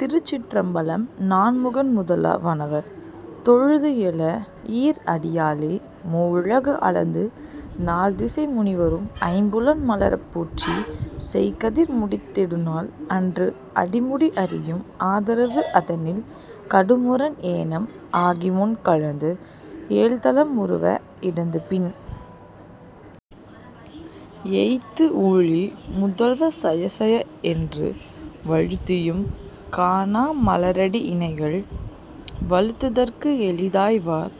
திருச்சிற்றம்பலம் நான்முகன் முதலா வானவர் தொழுது எழ ஈர் அடியாலே மூவுலகு அளந்து நால் திசை முனிவரும் ஐம்புலன் மலரப் போற்றி செய் கதிர்முடித் திருநெடுமால் அன்று அடிமுடி அறியும் ஆதரவு அதனில் கடும் முரண் ஏனம் ஆகிமுன் கலந்து ஏழ்தலம் உருவ இடந்து பின் எய்த்து ஊழி முதல்வ சயசய என்று வழுத்தியும் காணா மலர்அடி இணைகள் வழுத்துதற்கு எளிதாய் வார்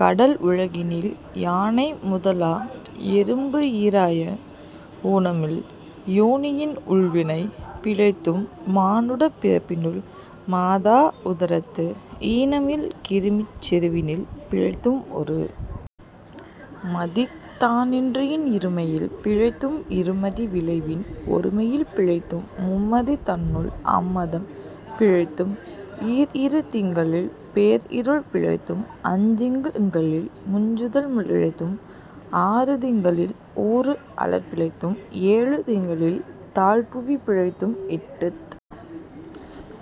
கடல் உலகினில் யானை முதலா எறும்பு ஈறாய ஊனம் இல் யோனியின் உள்வினை பிழைத்தும் மானுடப் பிறப்பினுள் மாதா உதரத்து ஈனம் இல் கிருமிச் செருவினில் பிழைத்தும் ஒரு மதித் தான்றியின் இருமையில் பிழைத்தும் இருமதி விளைவின் ஒருமையில் பிழைத்தும் மும்மதி தன்னுள் அம்மதம் பிழைத்தும் ஈர் இரு திங்களில் பேர் இருள் பிழைத்தும் அஞ்சு திங்களில் முஞ்சுதல் பிழைத்தும் ஆறு திங்களில் ஊறு அலர் பிழைத்தும ஏழு திங்களில் தாழ் புவி பிழைத்தும் எட்டுத்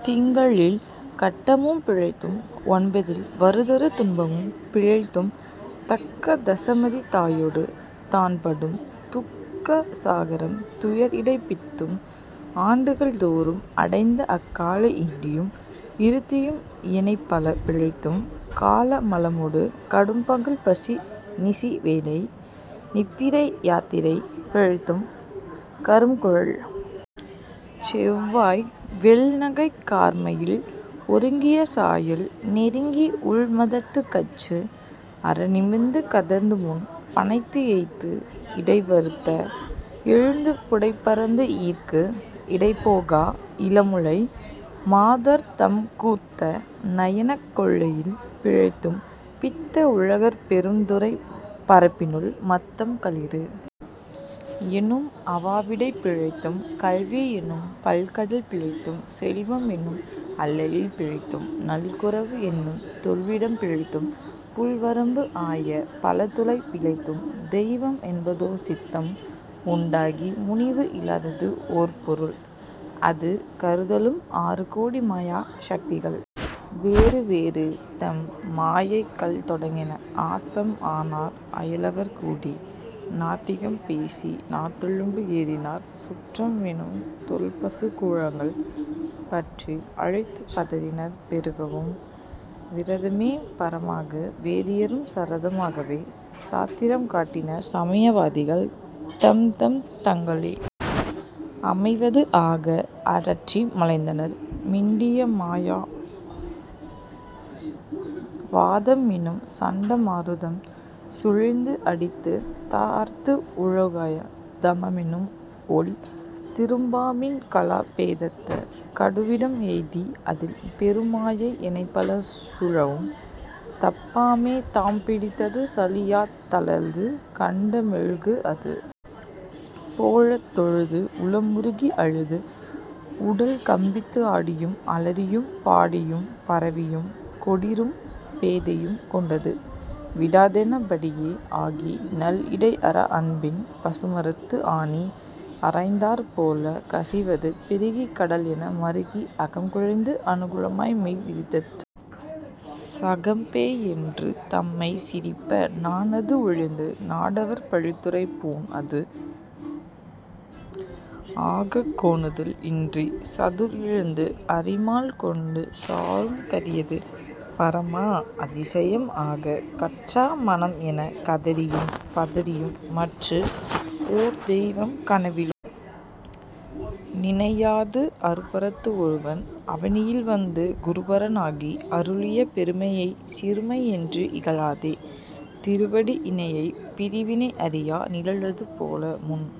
திங்களில் கட்டமும் பிழைத்தும் ஒன்பதில் வருதரு துன்பமும் பிழைத்தும் தக்க தசமதி தாயொடு தான்படும் துக்க சாகரம் துயர் இடைப்பிழைத்தும் ஆண்டுகள் தோறும் அடைந்த அக்காலை ஈண்டியும் இருத்தியும் எனைப்பல பிழைத்தும் காலை மலமொடு கடும்பகல் பசி நிசி வேலை நித்திரை யாத்திரை பிழைத்தும் கரும்குழல் செவ்வாய் வெள்நகைக் கார்மயில் ஒருங்கிய சாயல் நெருங்கி உள் மதர்த்துக் கச்சு அற நிமிர்ந்து கதிர்ந்து முன் பணைத்து எய்த்து இடைவருந்த எழுந்து புடைபரந்து ஈர்க்கு இடைபோகா இளமுலை மாதர்தம் கூர்த்த நயனக் கொள்ளையில் பிழைத்தும் பித்த உலகர் பெரும் துறைப் பரப்பினுள் மத்தம் களிறு எனும் அவாவிடைப் பிழைத்தும் கல்வி என்னும் பல்கடல் பிழைத்தும் செல்வம் என்னும் அல்லலில் பிழைத்தும் நல்குரவு என்னும் தொல்விடம் பிழைத்தும் புல்வரம்பு ஆய பலதுறை பிழைத்தும் தெய்வம் என்பதோர் சித்தம் உண்டாகி முனிவு இலாதது ஓர் பொருள் அது கருதலும் ஆறு கோடி மாயா சக்திகள் வேறு வேறு தம் மாயைகள் தொடங்கின ஆத்தம் ஆனார் அயலவர் கூடி நாத்திகம் பேசி நாத்தழும்பு ஏறினர் சுற்றம் என்னும் தொல்பசுக் குழாங்கள் பற்றி அழைத்துப் பதறினர் பெருகவும் விரதமே பரம் ஆக வேதியரும் சரதம் ஆகவே சாத்திரம் காட்டினர் சமய வாதிகள் தம்தம் தங்களே அமைவது ஆக அரற்றி மலைந்தனர் மிண்டிய மாயா வாதம் என்னும் சண்ட மாருதம் சுழிந்து அடித்துத் தாஅர்த்து உலோகாய தமெனும் ஒள் திறப்பாம்பின் கலா பேதத்த கடுவிடம் எய்தி அதில் பெருமாயை எனைப்பல சூழவும் தப்பாமே தாம் பிடித்தது சலியாத் தழலது கண்ட மெழுகு அது போலத் தொழுது உளம் உருகி அழுது உடல்கம்பித்து ஆடியும் அலறியும் பாடியும் பரவியும் கொடிறும் பேதையும் கொண்டது விடாதென படியே ஆகி நல் இடைஅறா அன்பின் பசுமரத்து ஆணி அறைந்தால் போலக் கசிவது பெருகிக் கடல் என மறுகி அகம் குழைந்து அனுகுலமாய் மெய் விதிர்த்துச் சகம் பேய் என்று தம்மைச் சிரிப்ப நாண் அது ஒழிந்து நாடவர் பழித்துரை பூண் அது ஆகக் கோணுதல் இன்றிச் சதுர் இழந்து அறிமால் கொண்டு சாரும் கதியது பரமா அதிசயம் ஆகக் கற்றா மனம் எனக் கதறியும் பதறியும் மற்று ஓர் தெய்வம் கனவிலும் நினையாது அருபரத்து ஒருவன் அவனியில் வந்து குருபரன் ஆகி அருளிய பெருமையைச் சிறுமை என்று இகழாதே திருவடி இணையைப் பிறிவினை அறியா நிழல் அது போல முன்